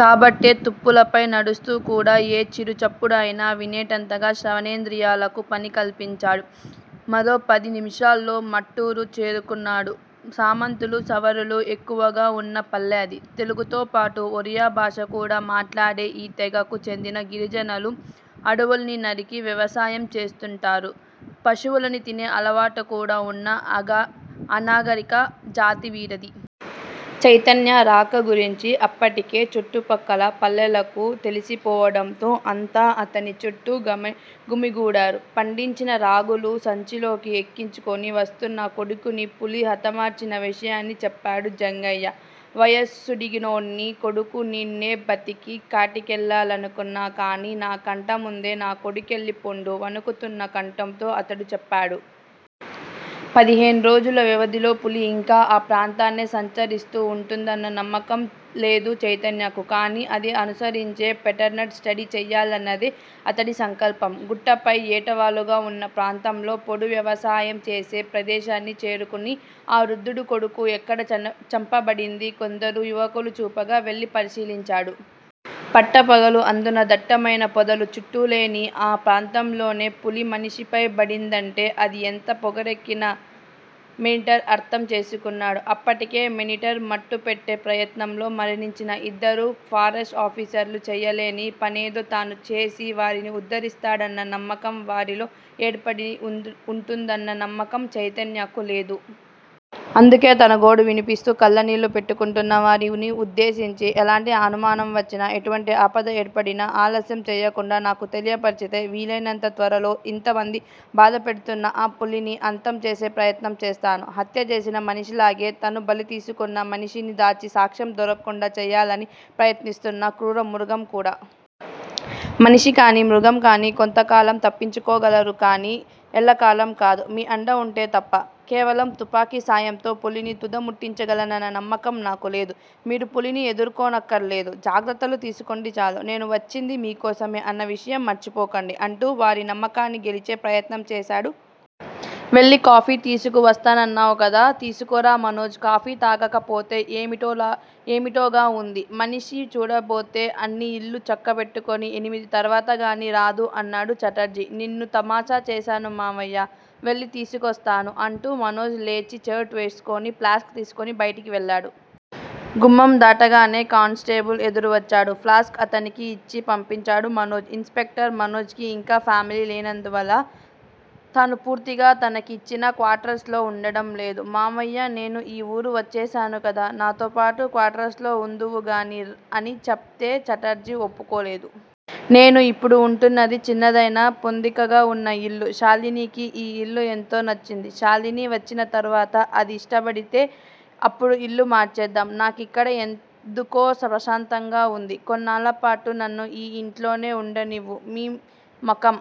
కాబట్టే తుప్పలపై నడుస్తూ కూడా ఏ చిరుచప్పుడయినా వినేటంతగా శ్రవణేంద్రియాలకు పని కల్పించాడు. మరో పది నిముషాల్లో మార్టూరు చేరుకున్నాడు. సామంతులు, సవర్లు ఎక్కువగా వున్న పల్లె అది. తెలుగుతోపాటు ఒరియా భాషకూడా మాటాడే ఈ తెగకు చెందిన గిరిజనులు అడవుల్ని నరికి వ్యవసాయం చేస్తుంటారు. పశువుల్ని తినే అలవాటు కూడా వున్న అనాగరిక జాతి వీరిది. చైతన్య రాక గురించి అప్పటికే చుట్టుపక్కల పల్లెలకు తెలిసి పోవడంతో అంతా అతని చుట్టూ గుమిగూడారు. పండించిన రాగులు సంచిలోకి ఎక్కించుకుని వస్తున్న కొడుకుని పులి హతమార్చిన విషయాన్ని చెప్పాడు జంగయ్య. వయసుడిగినోడ్ని, కొడుకు నీడ్నే బతికి కాటికెల్లాలనుకున్నా కాని, నాకంటా ముందే నా కొడుకెళ్ళి పోండు వణుకుతున్న కంఠంతో అతడు చెప్పాడు. పదిహేను రోజుల వ్యవధిలో పులి ఇంకా ఆ ప్రాంతాన్నే సంచరిస్తూ ఉంటుందన్న నమ్మకం లేదు చైతన్యకు. కాని అది అనుసరించే పేటర్న్ స్టడీ చేయాలన్నదే అతడి సంకల్పం. గుట్టపై ఏటవాలుగా వున్న ప్రాంతంలో పోడు వ్యవసాయం చేసే ప్రదేశాన్ని చేరుకుని, ఆ వృద్ధుడు కొడుకు ఎక్కడ చంపబడింది కొందరు యువకులు చూపగా వెళ్ళి పరిశీలించాడు. పట్టపగలు అందునా దట్టమైన పొదలు చుట్టూలేని ఆ ప్రాంతంలోనే పులి మనిషిపై బడిందంటే అది ఎంత పొగరెక్కిన మేనీటర్ అర్ధం చేసుకున్నాడు. అప్పటికే మేనీటర్ మట్టుపెట్టే ప్రయత్నంలో మరణించిన ఇద్దరు ఫారెస్టాఫీసర్లు చేయలేని పనేదో తనుచేసి వారిని ఉద్దరిస్తాడన్న నమ్మకం వారిలో ఏర్పడి ఉంటుందన్న నమ్మకం చైతన్యకు లేదు. అందుకే తను గోడు వినిపిస్తూ కళ్ళనీళ్ళు పెట్టుకుంటున్న వారిని ఉద్దేశించి ఎలాంటి అనుమానం వచ్చినా, ఎటువంటి ఆపద ఏర్పడినా ఆలస్యం చేయకుండా నాకు తెలియపర్చితే వీలయినంత త్వరలో యింత మందిని బాధపెడుతున్న ఆ పులిని అంతం చేసే ప్రయత్నం చేస్తాను. హత్య చేసిన మనిషిలాగే, తను బలి తీసుకున్న మనిషిని దాచి సాక్ష్యం దొరక్కుండా చేయాలని ప్రయత్నిస్తుంది క్రూరమృగం కూడా. మనిషికాని, మృగంకాని కొంతకాలం తప్పించుకోగలరు కాని ఎల్లకాలం కాదు. మీ అండ ఉంటే తప్ప. కేవలం తుపాకీ సాయంతో పులిని తుదముట్టించగలనన్న నమ్మకం నాకూలేదు. మీరు పులిని ఎదుర్కోనక్కరలేదు. జాగ్రత్తలు తీసుకోండి చాలు. నేను వచ్చింది మీకోసమే అన్న విషయం మరచిపోకండి అంటూ వారి నమ్మకాన్ని గెలిచే ప్రయత్నం చేశాడు. వెళ్ళి కాఫీ తీసుకు వస్తానన్నావ్ కదా! తీసుకురా మనోజ్ కాఫీ తాగకపోతే ఏమిటోగా వుంది. పనిమనిషి చూడబోతే అన్ని ఇళ్లూ చక్కబెట్టుకొని ఎనిమిది తరువాత గానీ రాదు అన్నాడు ఛటర్జీ. నిన్ను తమాషా చేశాను మావయ్యా! వెళ్ళి తీసుకువస్తాను అంటూ మనోజ్ లేచి షర్టు వేసుకుని, ప్లాస్క్ తీసుకుని బయటకి వెళ్ళాడు. గుమ్మం దాటగానే కానిస్టేబుల్ ఎదురు వచ్చాడు. ప్లాస్క్ అతనికి ఇచ్చి పంపించాడు మనోజ్. ఇన్ స్పెక్టర్ మనోజ్ కి ఇంకా ఫామిలీ లేనందువల్ల తను పూర్తిగా తనకి ఇచ్చిన క్వార్టర్స్ లో వుండటం లేదు. మావయ్యా నేను ఈ ఊరు వచ్చేశాను కదా! నాతోపాటు క్వార్టర్స్ లో వుందువు గాని అని చెబితే ఛటర్జీ ఒప్పుకోలేదు. నేను ఇప్పుడు వుంటున్నది చిన్నదైనా పొందికగా వున్న ఇల్లు. షాలినీకి ఈ ఇల్లు ఎంతో నచ్చింది. షాలిని వచ్చిన తరువాత అది ఇష్టపడితే అప్పుడు ఇల్లు మార్చేద్దాం. నాకిక్కడ ఎందుకో ప్రశాంతంగా వుంది. కొన్నాళ్ళపాటు నన్ను ఈ యింట్లోనే వుండనివ్వు. మీ మకాం